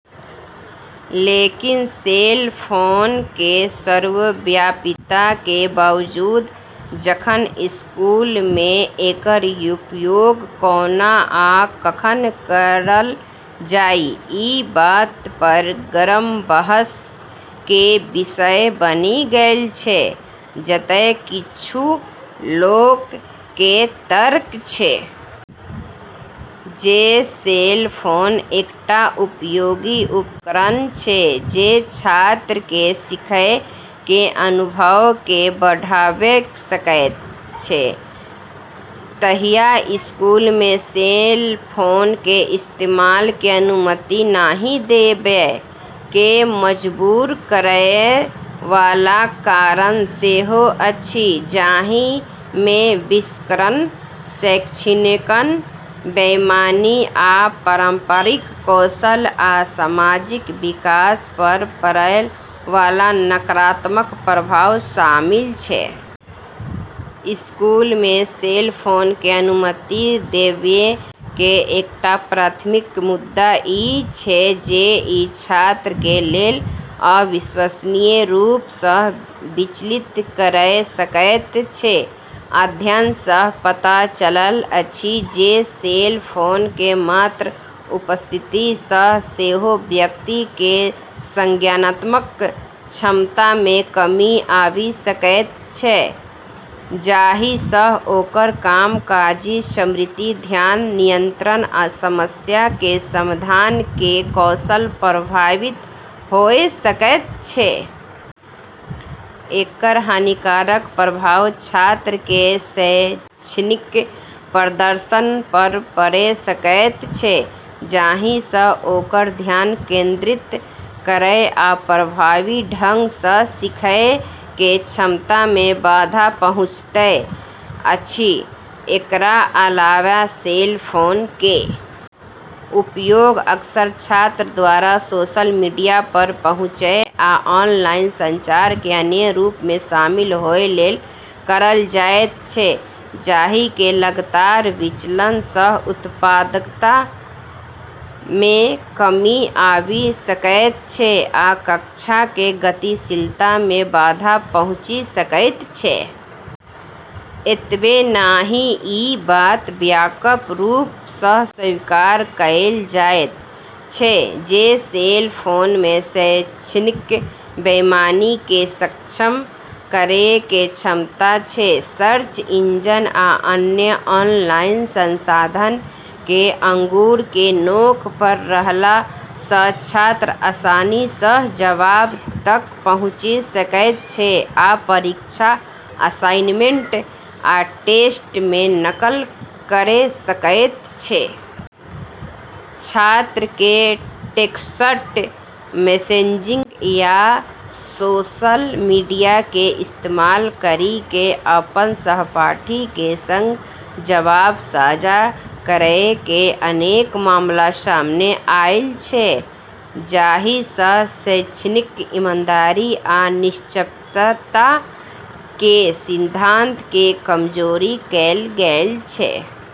लेकिन, cell phone के सर्वव्यापीता के बावजूद जखन स्कूल मे एकर उपयोग कोना आ कखन करल जाए, ई बात पर गरम बहस के विषय बनि गेल अछि। जतय किछु लोक के तर्क अछि जे सेल फोन एकटा उपयोगी उपकरण अछि जे छात्र के सीखय के अनुभव के बढ़ाबय सकैत अछि, तहिया स्कूल मे सेल फोन के इस्तेमाल के अनुमति नहि देबय के मजबूर करय वाला कारण सेहो अछि, जाहि मे विकर्षण, शैक्षणिक बेईमानी आ पारस्परिक कौशल आ सामाजिक विकास पर पड़य वाला नकारात्मक प्रभाव शामिल अछि। स्कूल मे सेल फोन के अनुमति देबय के एकटा प्राथमिक मुद्दा ई अछि जे ई छात्र के लेल अविश्वसनीय रूप सँ विचलित करय सकैत अछि। अध्ययन सँ पता चलल अछि जे सेल फोन के मात्र उपस्थिति सँ सेहो व्यक्ति के संज्ञानात्मक क्षमता मे कमी आबि सकैत अछि, जाहि सँ ओकर कामकाजी स्मृति, ध्यान नियंत्रण आ समस्या के समाधान के कौशल प्रभावित होय सकैत अछि। एकर हानिकारक प्रभाव छात्र के शैक्षणिक प्रदर्शन पर पड़ै सकैत अछि, जाहि सँ ओकर ध्यान केंद्रित करय आ प्रभावी ढंग सँ सीखय के क्षमता मे बाधा पहुँचैत अछि। एकरा अलावे, सेल फोन के उपयोग अक्सर छात्र द्वारा सोशल मीडिया पर पहुँचय आ ऑनलाइन संचार के अन्य रूप मे शामिल होय लेल करल जाएत अछि, जाहि के लगातार विचलन सँ उत्पादकता मे कमी आबि सकैत अछि आ कक्षा के गतिशीलता मे बाधा पहुँचि सकैत अछि। एतबे नहि, ई बात व्यापक रूप सँ स्वीकार कएल जाएत अछि जे सेल फोन मे शैक्षणिक बेईमानी के सक्षम करय के क्षमता अछि। सर्च इंजन आ अन्य ऑनलाइन संसाधन के अंगुर के नोक पर रहला सँ छात्र आसानी सँ जवाब तक पहुँचि सकैत अछि आ परीक्षा, असाइनमेंट आ टेस्ट मे नकल करि सकैत अछि। छात्र के टेक्स्ट मैसेजिंग या सोशल मीडिया के इस्तेमाल करि क' अपन सहपाठी के संग जवाब साझा करय के अनेक मामला सामने आएल अछि, जाहि सँ शैक्षणिक ईमानदारी आ निष्पक्षता के सिद्धांत के कमजोर कएल गेल अछि।